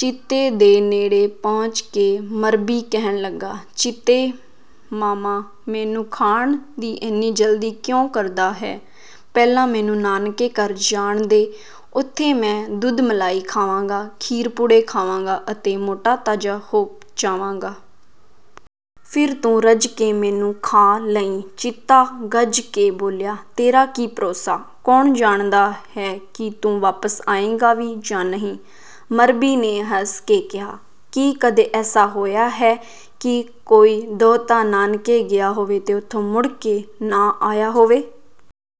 ਚੀਤੇ ਦੇ ਨੇੜੇ ਪਹੁੰਚ ਕੇ ਮਰੱਬੀ ਕਹਿਣ ਲੱਗਾ, "ਚੀਤੇ ਮਾਮਾ, ਮੈਨੂੰ ਖਾਣ ਦੀ ਇੰਨੀ ਜਲਦੀ ਕਿਉਂ ਕਰਦਾ ਹੈਂ? ਪਹਿਲਾਂ ਮੈਨੂੰ ਨਾਨਕੇ ਘਰ ਜਾਣ ਦੇ। ਉੱਥੇ ਮੈਂ ਦੁੱਧ-ਮਲਾਈ ਖਾਵਾਂਗਾ, ਖੀਰ-ਪੂੜੇ ਖਾਵਾਂਗਾ ਅਤੇ ਮੋਟਾ-ਤਾਜ਼ਾ ਹੋ ਜਾਵਾਂਗਾ। ਫਿਰ ਤੂੰ ਰੱਜ ਕੇ ਮੈਨੂੰ ਖਾ ਲਈਂ।" ਚੀਤਾ ਗੱਜ ਕੇ ਬੋਲਿਆ, "ਤੇਰਾ ਕੀ ਭਰੋਸਾ? ਕੌਣ ਜਾਣਦਾ ਹੈ ਕਿ ਤੂੰ ਵਾਪਸ ਆਏਗਾ ਵੀ ਜਾਂ ਨਹੀਂ?" ਮਰੱਬੀ ਨੇ ਹੱਸ ਕੇ ਕਿਹਾ, "ਕੀ ਕਦੇ ਐਸਾ ਹੋਇਆ ਹੈ ਕਿ ਕੋਈ ਦੋਹਤਾ ਨਾਨਕੇ ਗਿਆ ਹੋਵੇ ਤੇ ਉੱਥੋਂ ਮੁੜ ਕੇ ਨਾ ਆਇਆ ਹੋਵੇ?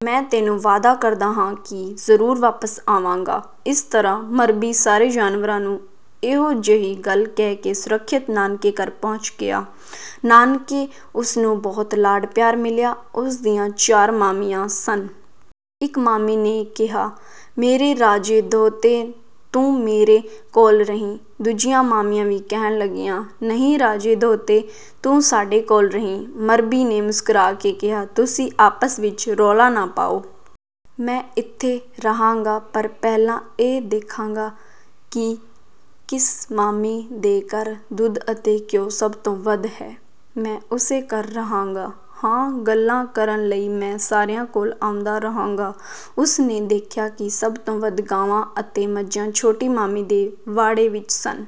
ਮੈਂ ਤੈਨੂੰ ਵਾਅਦਾ ਕਰਦਾ ਹਾਂ ਕਿ ਜ਼ਰੂਰ ਵਾਪਸ ਆਵਾਂਗਾ।" ਇਸ ਤਰ੍ਹਾਂ ਮਰੱਬੀ ਸਾਰੇ ਜਾਨਵਰਾਂ ਨੂੰ ਇਹੋ ਜਿਹੀ ਗੱਲ ਕਹਿ ਕੇ ਸੁਰੱਖਿਅਤ ਨਾਨਕੇ ਘਰ ਪਹੁੰਚ ਗਿਆ। ਨਾਨਕੇ ਉਸ ਨੂੰ ਬਹੁਤ ਲਾਡ-ਪਿਆਰ ਮਿਲਿਆ। ਉਸ ਦੀਆਂ ਚਾਰ ਮਾਮੀਆਂ ਸਨ। ਇੱਕ ਮਾਮੀ ਨੇ ਕਿਹਾ, "ਮੇਰੇ ਰਾਜੇ ਦੋਹਤੇ, ਤੂੰ ਮੇਰੇ ਕੋਲ ਰਹੀਂ।" ਦੂਜੀਆਂ ਮਾਮੀਆਂ ਵੀ ਕਹਿਣ ਲੱਗੀਆਂ, "ਨਹੀਂ, ਰਾਜੇ ਦੋਹਤੇ, ਤੂੰ ਸਾਡੇ ਕੋਲ ਰਹੀਂ।" ਮਰੱਬੀ ਨੇ ਮੁਸਕਰਾ ਕੇ ਕਿਹਾ, "ਤੁਸੀਂ ਆਪਸ ਵਿੱਚ ਰੌਲਾ ਨਾ ਪਾਓ। ਮੈਂ ਇੱਥੇ ਰਹਾਂਗਾ, ਪਰ ਪਹਿਲਾਂ ਇਹ ਦੇਖਾਂਗਾ ਕਿ ਕਿਸ ਮਾਮੀ ਦੇ ਘਰ ਦੁੱਧ ਅਤੇ ਘਿਉ ਸਭ ਤੋਂ ਵੱਧ ਹੈ। ਮੈਂ ਉਸੇ ਘਰ ਰਹਾਂਗਾ। ਹਾਂ, ਗੱਲਾਂ ਕਰਨ ਲਈ ਮੈਂ ਸਾਰਿਆਂ ਕੋਲ ਆਉਂਦਾ ਰਹਾਂਗਾ।" ਉਸ ਨੇ ਦੇਖਿਆ ਕਿ ਸਭ ਤੋਂ ਵੱਧ ਗਾਵਾਂ ਅਤੇ ਮੱਝਾਂ ਛੋਟੀ ਮਾਮੀ ਦੇ ਵਾੜੇ ਵਿੱਚ ਸਨ।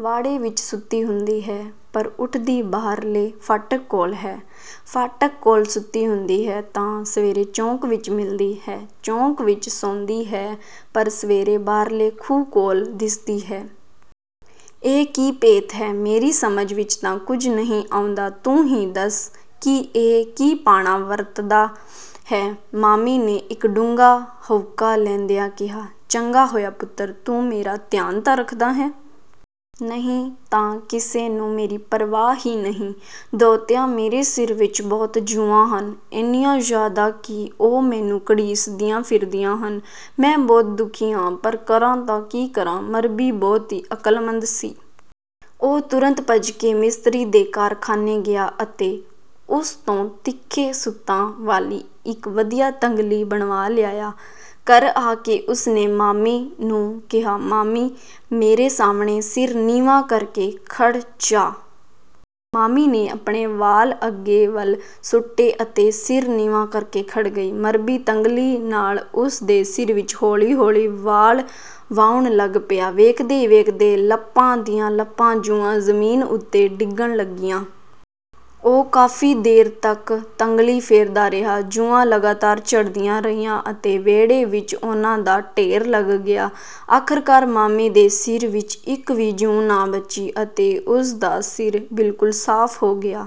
ਵਾੜੇ ਵਿੱਚ ਸੁੱਤੀ ਹੁੰਦੀ ਹੈਂ, ਪਰ ਉੱਠਦੀ ਬਾਹਰਲੇ ਫਾਟਕ ਕੋਲ ਹੈਂ। ਫਾਟਕ ਕੋਲ ਸੁੱਤੀ ਹੁੰਦੀ ਹੈਂ, ਤਾਂ ਸਵੇਰੇ ਚੌਂਕ ਵਿੱਚ ਮਿਲਦੀ ਹੈਂ। ਚੌਂਕ ਵਿੱਚ ਸੌਂਦੀ ਹੈਂ, ਪਰ ਸਵੇਰੇ ਬਾਹਰਲੇ ਖੂਹ ਕੋਲ ਦਿਸਦੀ ਹੈਂ। ਇਹ ਕੀ ਭੇਤ ਹੈ? ਮੇਰੀ ਸਮਝ ਵਿੱਚ ਤਾਂ ਕੁਝ ਨਹੀਂ ਆਉਂਦਾ। ਤੂੰ ਹੀ ਦੱਸ ਕਿ ਇਹ ਕੀ ਭਾਣਾ ਵਰਤਦਾ ਹੈ?"ਮਾਮੀ ਨੇ ਇੱਕ ਡੂੰਘਾ ਹਉਕਾ ਲੈਂਦਿਆਂ ਕਿਹਾ, "ਚੰਗਾ ਹੋਇਆ ਪੁੱਤਰ, ਤੂੰ ਮੇਰਾ ਧਿਆਨ ਤਾਂ ਰੱਖਦਾ ਹੈਂ। ਨਹੀਂ ਤਾਂ ਕਿਸੇ ਨੂੰ ਮੇਰੀ ਪਰਵਾਹ ਹੀ ਨਹੀਂ। ਦੋਹਤਿਆ, ਮੇਰੇ ਸਿਰ ਵਿੱਚ ਬਹੁਤ ਜੂੰਆਂ ਹਨ। ਇੰਨੀਆਂ ਜ਼ਿਆਦਾ ਕਿ ਉਹ ਮੈਨੂੰ ਘੜੀਸਦੀਆਂ ਫਿਰਦੀਆਂ ਹਨ। ਮੈਂ ਬਹੁਤ ਦੁਖੀ ਹਾਂ, ਪਰ ਕਰਾਂ ਤਾਂ ਕੀ ਕਰਾਂ?" ਮਰਬੀ ਬਹੁਤ ਹੀ ਅਕਲਮੰਦ ਸੀ। ਉਹ ਤੁਰੰਤ ਭੱਜ ਕੇ ਮਿਸਤਰੀ ਦੇ ਕਾਰਖਾਨੇ ਗਿਆ ਅਤੇ ਉਸ ਤੋਂ ਤਿੱਖੇ ਸੁਤਾਂ ਵਾਲੀ ਇੱਕ ਵਧੀਆ ਤੰਗਲੀ ਬਣਵਾ ਲਿਆਇਆ। ਘਰ ਆ ਕੇ ਉਸ ਨੇ ਮਾਮੀ ਨੂੰ ਕਿਹਾ, "ਮਾਮੀ, ਮੇਰੇ ਸਾਹਮਣੇ ਸਿਰ ਨੀਵਾਂ ਕਰਕੇ ਖੜ੍ਹ ਜਾ।" ਮਾਮੀ ਨੇ ਆਪਣੇ ਵਾਲ ਅੱਗੇ ਵੱਲ ਸੁੱਟੇ ਅਤੇ ਸਿਰ ਨੀਵਾਂ ਕਰਕੇ ਖੜ੍ਹ ਗਈ। ਮਰਬੀ ਤੰਗਲੀ ਨਾਲ ਉਸ ਦੇ ਸਿਰ ਵਿੱਚ ਹੌਲੀ-ਹੌਲੀ ਵਾਲ ਵਾਹੁਣ ਲੱਗ ਪਿਆ। ਵੇਖਦੇ ਹੀ ਵੇਖਦੇ ਲੱਪਾਂ ਦੀਆਂ ਲੱਪਾਂ ਜੂੰਆਂ ਜ਼ਮੀਨ ਉੱਤੇ ਡਿੱਗਣ ਲੱਗੀਆਂ। ਉਹ ਕਾਫ਼ੀ ਦੇਰ ਤੱਕ ਤੰਗਲੀ ਫੇਰਦਾ ਰਿਹਾ। ਜੂੰਆਂ ਲਗਾਤਾਰ ਝੜਦੀਆਂ ਰਹੀਆਂ ਅਤੇ ਵਿਹੜੇ ਵਿੱਚ ਉਨ੍ਹਾਂ ਦਾ ਢੇਰ ਲੱਗ ਗਿਆ। ਆਖ਼ਰਕਾਰ ਮਾਮੀ ਦੇ ਸਿਰ ਵਿੱਚ ਇੱਕ ਵੀ ਜੂੰਅ ਨਾ ਬਚੀ ਅਤੇ ਉਸ ਦਾ ਸਿਰ ਬਿਲਕੁਲ ਸਾਫ਼ ਹੋ ਗਿਆ।